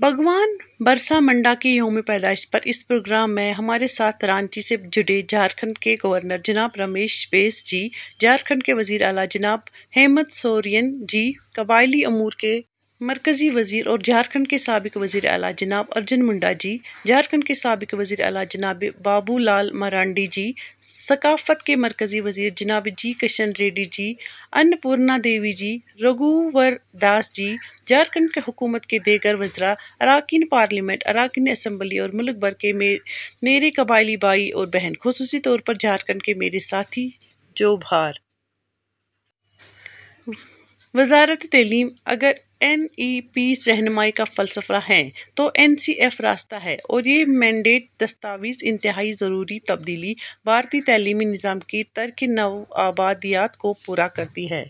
بھگوان برسا منڈا کی یوم پیدائش پر اس پروگرام میں ہمارے ساتھ رانچی سے جڑے جھارکھنڈ کے گورنر جناب رمیش بیس جی، جھارکھنڈ کے وزیر اعلیٰ جناب ہیمنت سورین جی، قبائلی امور کے مرکزی وزیر اور جھارکھنڈ کے سابق وزیر اعلیٰ جناب ارجن منڈا جی، جھارکھنڈ کے سابق وزیر اعلیٰ جناب بابولال مرانڈی جی، ثقافت کے مرکزی وزیر جناب جی کشن ریڈی جی، ان پورنا دیوی جی، رگھوور داس جی، جھارکھنڈ حکومت کے دیگر وزراء، اراکین پارلیمنٹ، اراکین اسمبلی اور ملک بھر کے میرے قبائلی بھائی اور بہن، خصوصی طور پر جھارکھنڈ کے میرے ساتھی، جوہار! وزارت تعلیم۔ اگر این ای پی رہنمائی کا فلسفہ ہے تو این سی ایف راستہ ہے، اور یہ مینڈیٹ دستاویز انتہائی ضروری تبدیلی، بھارتی تعلیمی نظام کی ترکِ نوآبادیات، کو پورا کرتی ہے۔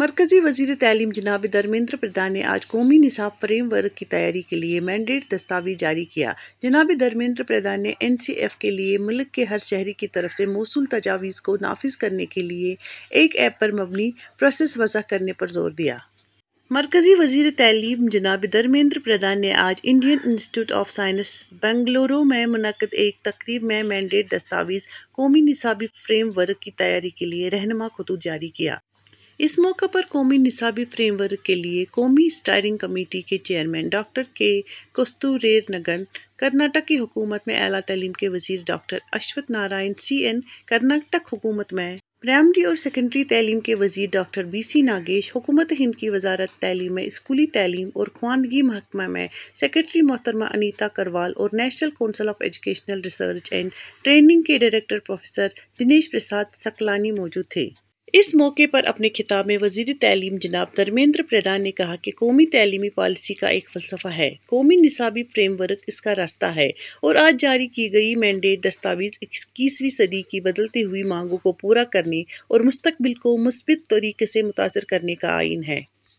مرکزی وزیر تعلیم جناب دھرمیندر پردھان نے آج قومی نصاب فریم ورک کی تیاری کے لیے مینڈیٹ دستاویز جاری کیا۔ جناب دھرمیندر پردھان نے این سی ایف کے لیے ملک کے ہر شہری کی طرف سے موصول تجاویز کو نافذ کرنے کے لیے ایک ایپ پر مبنی پروسیس وضع کرنے پر زور دیا۔ مرکزی وزیر تعلیم جناب دھرمیندر پردھان نے آج Indian institute of science, Bengaluru میں منعقدہ ایک تقریب میں مینڈیٹ دستاویز، قومی نصابی فریم ورک کی تیاری کے لیے رہنما خطوط، جاری کیا۔ اس موقع پر قومی نصابی فریم ورک کے لیے قومی اسٹیئرنگ کمیٹی کے chairman doctor K. Kasturirangan, Karnataka کی حکومت میں اعلیٰ تعلیم کے وزیر doctor Ashwath Narayan C N, Karnataka حکومت میں پرائمری اور سیکنڈری تعلیم کے وزیر ڈاکٹر بی سی ناگیش، حکومت ہند کی وزارت تعلیم میں اسکولی تعلیم اور خواندگی محکمہ میں سکریٹری محترمہ انیتا کروال اور national council of educational research and training کے ڈائریکٹر پروفیسر دنیش پرساد سکلانی موجود تھے۔ اس موقع پر اپنے خطاب میں وزیر تعلیم جناب دھرمیندر پردھان نے کہا کہ قومی تعلیمی پالیسی ایک فلسفہ ہے، قومی نصابی فریم ورک اس کا راستہ ہے اور آج جاری کی گئی مینڈیٹ دستاویز اکیسویں صدی کی بدلتی ہوئی مانگوں کو پورا کرنے اور مستقبل کو مثبت طریقے سے متاثر کرنے کا آئین ہے۔